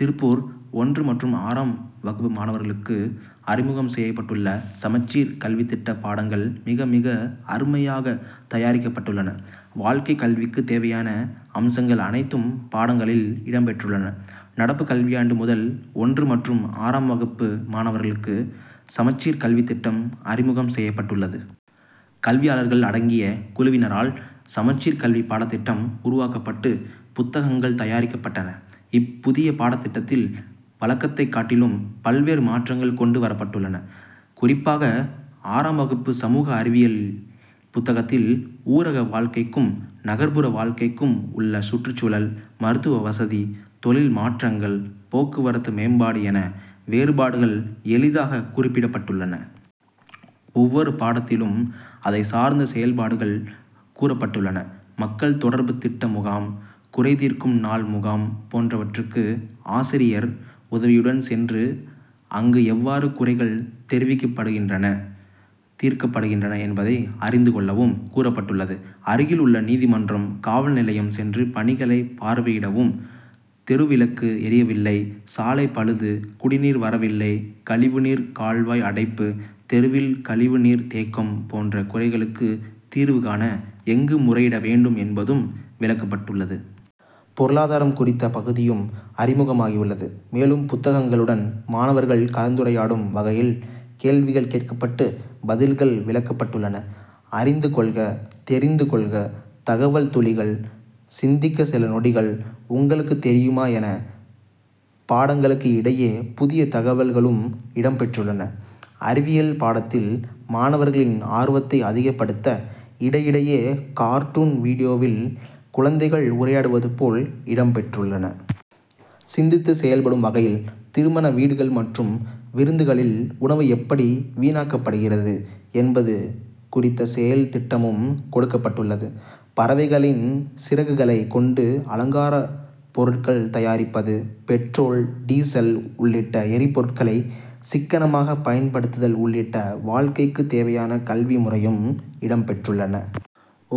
திருப்பூர் ஒன்று மற்றும் ஆறாம் வகுப்பு மாணவர்களுக்கு அறிமுகம் செய்யப்பட்டுள்ள, சமச்சீர் கல்வித்திட்ட பாடங்கள் மிக, மிக அருமையாக தயாரிக்கப்பட்டுள்ளன. வாழ்க்கை கல்விக்கு தேவையான அம்சங்கள் அனைத்தும், பாடங்களில் இடம் பெற்றுள்ளன. நடப்பு கல்வியாண்டு முதல் ஒன்று மற்றும் ஆறாம் வகுப்பு மாணவர்களுக்கு சமச்சீர் கல்வித்திட்டம் அறிமுகம் செய்யப்பட்டுள்ளது. கல்வியாளர்கள் அடங்கிய குழுவினரால், சமச்சீர் கல்வி பாடத்திட்டம் உருவாக்கப்பட்டு, புத்தகங்கள் தயாரிக்கப்பட்டன. இப்புதிய பாடத்திட்டத்தில், வழக்கத்தை காட்டிலும் பல்வேறு மாற்றங்கள் கொண்டு வரப்பட்டுள்ளன. குறிப்பாக, ஆறாம் வகுப்பு சமூக அறிவியல் புத்தகத்தில் ஊரக வாழ்க்கைக்கும், நகர்ப்புற வாழ்க்கைக்கும் உள்ள சுற்றுச்சூழல், மருத்துவ வசதி, தொழில் மாற்றங்கள், போக்குவரத்து மேம்பாடு என வேறுபாடுகள் எளிதாக குறிப்பிடப்பட்டுள்ளன. ஒவ்வொரு பாடத்திலும், அதைச்சார்ந்த செயல்பாடுகள் கூறப்பட்டுள்ளன. மக்கள் தொடர்பு திட்ட முகாம், குறைதீர்க்கும் நாள் முகாம் போன்றவற்றுக்கு ஆசிரியர் உதவியுடன் சென்று அங்கு எவ்வாறு குறைகள் தெரிவிக்கப்படுகின்றன, தீர்க்கப்படுகின்றன என்பதை அறிந்து கொள்ளவும் கூறப்பட்டுள்ளது. அருகில் உள்ள நீதிமன்றம், காவல் நிலையம் சென்று பணிகளை பார்வையிடவும், தெருவிளக்கு எரியவில்லை, சாலை பழுது, குடிநீர் வரவில்லை, கழிவு நீர் கால்வாய் அடைப்பு, தெருவில் கழிவு நீர் தேக்கம் போன்ற குறைகளுக்கு தீர்வு காண, எங்கு முறையிட வேண்டும் என்பதும் விளக்கப்பட்டுள்ளது. பெருளாதாரம் குறித்த பகுதியும் அறிமுகமாகியுள்ளது. மேலும், புத்தகங்களுடன் மாணவர்கள் கலந்துரையாடும் வகையில், கேள்விகள் கேட்கப்பட்டு பதில்கள் விளக்கப்பட்டுள்ளன. அறிந்து கொள்க, தெரிந்து கொள்க, தகவல் துளிகள், சிந்திக்க சில நொடிகள், உங்களுக்கு தெரியுமா என பாடங்களுக்கு இடையே புதிய தகவல்களும் இடம் பெற்றுள்ளன. அறிவியல் பாடத்தில், மாணவர்களின் ஆர்வத்தை அதிகப்படுத்த இடையிடையே கார்ட்டூன், வீடியோவில் குழந்தைகள் உரையாடுவது போல் இடம் பெற்றுள்ளன. சிந்தித்து செயல்படும் வகையில், திருமண வீடுகள் மற்றும் விருந்துகளில் உணவு எப்படி வீணாக்கப்படுகிறது என்பது குறித்த செயல் திட்டமும் கொடுக்கப்பட்டுள்ளது. பறவைகளின் சிறகுகளை கொண்டு அலங்கார பொருட்கள் தயாரிப்பது, பெட்ரோல், டீசல் உள்ளிட்ட எரிபொருட்களை சிக்கனமாக பயன்படுத்துதல் உள்ளிட்ட வாழ்க்கைக்கு தேவையான கல்வி முறையும் இடம் பெற்றுள்ளன.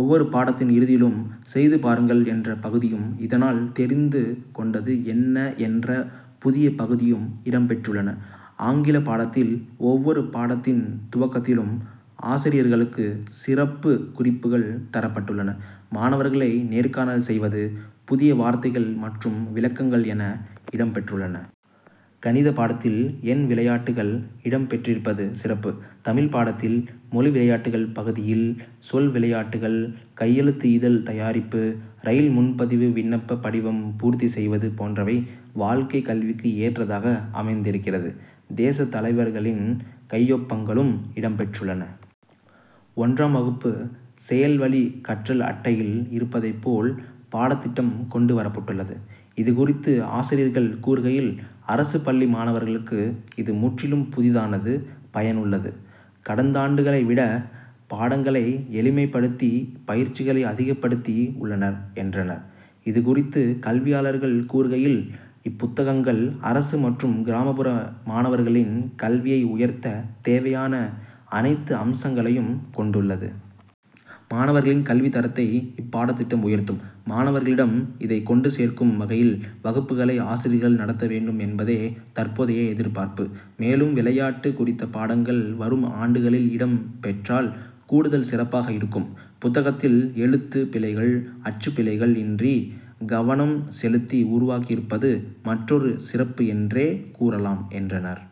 ஒவ்வொரு பாடத்தின் இறுதியிலும், செய்து பாருங்கள் என்ற பகுதியும், இதனால் தெரிந்து கொண்டது என்ன என்ற புதிய பகுதியும் இடம் பெற்றுள்ளன. ஆங்கிலப் பாடத்தில், ஒவ்வொரு பாடத்தின் துவக்கத்திலும் ஆசிரியர்களுக்கு சிறப்பு குறிப்புகள் தரப்பட்டுள்ளன. மாணவர்களை நேர்காணல் செய்வது, புதிய வார்த்தைகள் மற்றும் விளக்கங்கள் என இடம் பெற்றுள்ளன. கணித பாடத்தில், எண் விளையாட்டுகள் இடம் பெற்றிருப்பது சிறப்பு. தமிழ் பாடத்தில், மொழி விளையாட்டுகள் பகுதியில், சொல் விளையாட்டுகள், கையெழுத்து இதழ் தயாரிப்பு, ரயில் முன்பதிவு விண்ணப்ப படிவம் பூர்த்தி செய்வது போன்றவை வாழ்க்கை கல்விக்கு ஏற்றதாக அமைந்திருக்கிறது, தேச தலைவர்களின் கையொப்பங்களும் இடம் பெற்றுள்ளன. ஒன்றாம் வகுப்பு செயல்வழி கற்றல் அட்டையில் இருப்பதை போல், பாடத்திட்டம் கொண்டு வரப்பட்டுள்ளது. இதுகுறித்து ஆசிரியர்கள் கூறுகையில், அரசு பள்ளி மாணவர்களுக்கு இது முற்றிலும் புதிதானது, பயனுள்ளது. கடந்தாண்டுகளை விட, பாடங்களை எளிமைப்படுத்தி, பயிற்சிகளை அதிகப்படுத்தி உள்ளனர், என்றனர். இதுகுறித்து கல்வியாளர்கள் கூறுகையில், இப்புத்தகங்கள், அரசு மற்றும் கிராமப்புற மாணவர்களின் கல்வியை உயர்த்த தேவையான அனைத்து அம்சங்களையும் கொண்டுள்ளது. மாணவர்களின் கல்வி தரத்தை இப்பாடத்திட்டம் உயர்த்தும். மாணவர்களிடம் இதை கொண்டு சேர்க்கும் வகையில் வகுப்புகளை ஆசிரியர்கள் நடத்த வேண்டும் என்பதே தற்போதைய எதிர்பார்ப்பு. மேலும், விளையாட்டு குறித்த பாடங்கள் வரும் ஆண்டுகளில் இடம் பெற்றால், கூடுதல் சிறப்பாக இருக்கும். புத்தகத்தில், எழுத்து பிழைகள், அச்சு பிழைகள் இன்றி, கவனம் செலுத்தி உருவாக்கி இருப்பது, மற்றொரு சிறப்பு என்றே கூறலாம், என்றனர்.